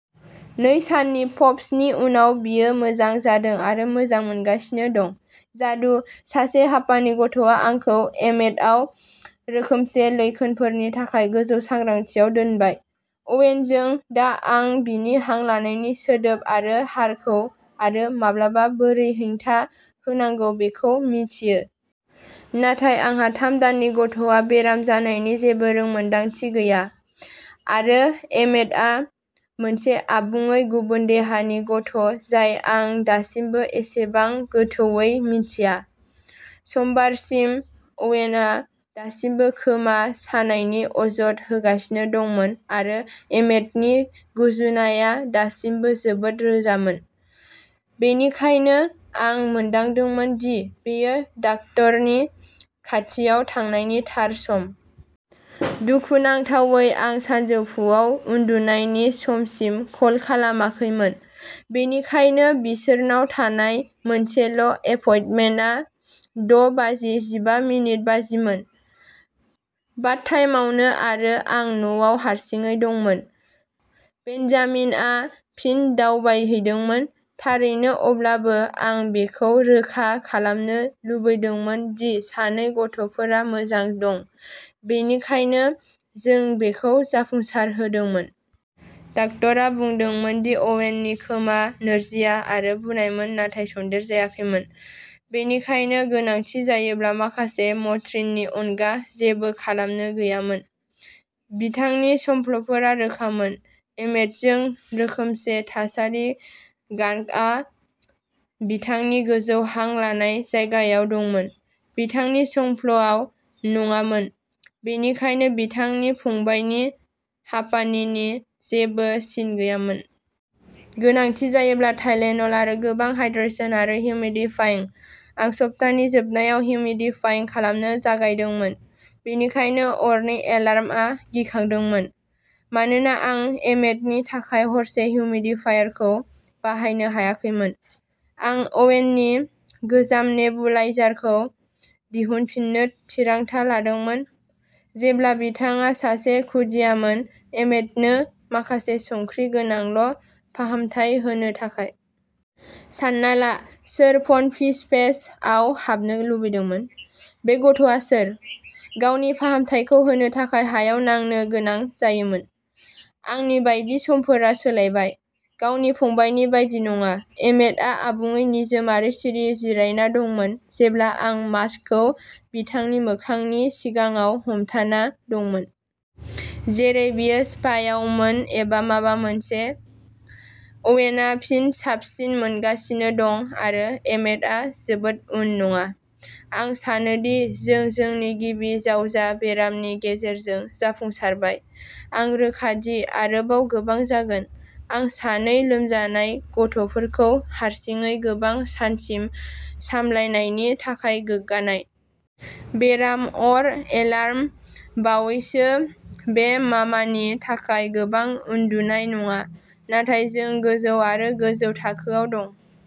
नै साननि "पफ्स" नि उनाव, बियो मोजां जादों आरो मोजां मोनगासिनो दं। जादु! सासे हापानि गथ'आ आंखौ एमेटआव रोखोमसे लैखोनफोरनि थाखाय गोजौ सांग्रांथिआव दोनबाय। अवेनजों, दा आं बिनि हां लानायनि सोदोब आरो हारखौ आरो माब्लाबा बोरै हेंथा होनांगौ बेखौ मिन्थियो। नाथाय आंहा थाम दाननि गथ'आ बेराम जानायनि जेबो रोंमोनदांथि गैया, आरो एमेटआ मोनसे आबुङै गुबुन देहानि गथ' जाय आं दासिमबो एसेबां गोथौवै मिन्थिया। समबारसिम अवेनआ दासिमबो खोमा सानायनि अजद होगासिनो दंमोन आरो एमेटनि गुजुनाया दासिमबो जोबोद रोजामोन, बेनिखायनो आं मोनदांदोंमोन दि बेयो डाक्टरनि खाथियाव थांनायनि थार सम। दुखुनांथावै आं सानजौफुआव उन्दुनायनि समसिम कल खालामाखैमोन, बेनिखायनो बिसोरनाव थानाय मोनसेल' एपइन्टमेन्टआ द' बाजि जिबा मिनिट बाजिमोन। बाथटाइमावनो आरो आं न'आव हारसिङै दंमोन। बेन्जामिनआ फिन दावबायहैदोंमोन। थारैनो अब्लाबो, आं बेखौ रोखा खालामनो लुबैदोंमोन दि सानै गथ'फोरा मोजां दं, बेनिखायनो जों बेखौ जाफुंसारहोदोंमोन। डाक्टरा बुंदोंमोन दि अवेननि खोमा नोरजिया आरो बुनायमोन नाथाय सन्देरजायाखैमोन, बेनिखायनो गोनांथि जायोब्ला माखासे मट्रिननि अनगा जेबो खालामनो गैयामोन। बिथांनि संफ्ल'फोरा रोखामोन। एमेटजों रोखोमसे थासारि गान्कआ बिथांनि गोजौ हां लानाय जायगायाव दंमोन, बिथांनि संफ्ल'आव नङामोन, बेनिखायनो बिथांनि फंबायनि हापानिनि जेबो सिन गैयामोन। गोनांथि जायोब्ला टाइलेन'ल आरो गोबां हाइड्रेशन आरो हिउमिडिफाइं। आं सप्तानि जोबनायाव हिउमिडिफाइं खालामनो जागायदोंमोन, बेनिखायनो अरनि एलार्मआ गिखांदोंमोन। मानोना आं एमेटनि थाखाय हरसे हिउमिडिफायारखौ बाहायनो हायाखैमोन, आं अवेननि गोजाम नेबुलाइजारखौ दिहुनफिननो थिरांथा लादोंमोन जेब्ला बिथाङा सासे खुदियामोन एमेटनो माखासे संख्रि गोनांल' फाहामथाय होनो थाखाय। सान्ना ला सोर "फन फिश फेस" आव हाबनो लुबैदोंमोन? बे गथ'आ सोर? गावनि फाहामथायखौ होनो थाखाय हायाव नांनो गोनां जायोमोन। आंनि बायदि समफोरा सोलायबाय। गावनि फंबायनि बायदि नङा, एमेटआ आबुङै निजोम आरो सिरि जिरायना दंमोन जेब्ला आं मास्कखौ बिथांनि मोखांनि सिगाङाव हमथाना दंमोन। जेरै बियो स्पायावमोन एबा माबा मोनसे। अवेनआ फिन साबसिन मोनगासिनो दं आरो एमेटआ जोबोद उन नङा। आं सानोदि जों जोंनि गिबि जावजा बेरामनि गेजेरजों जाफुंसारबाय। आं रोखा दि आरोबाव गोबां जागोन, आं सानै लोमजानाय गथ'फोरखौ हारसिङै गोबां सानसिम सामलायनायनि थाखाय गोग्गानाय। बेराम अर एलार्म बावैसो बे मामानि थाखाय गोबां उन्दुनाय नङा, नाथाय जों गोजौ आरो गोजौ थाखोआव दं।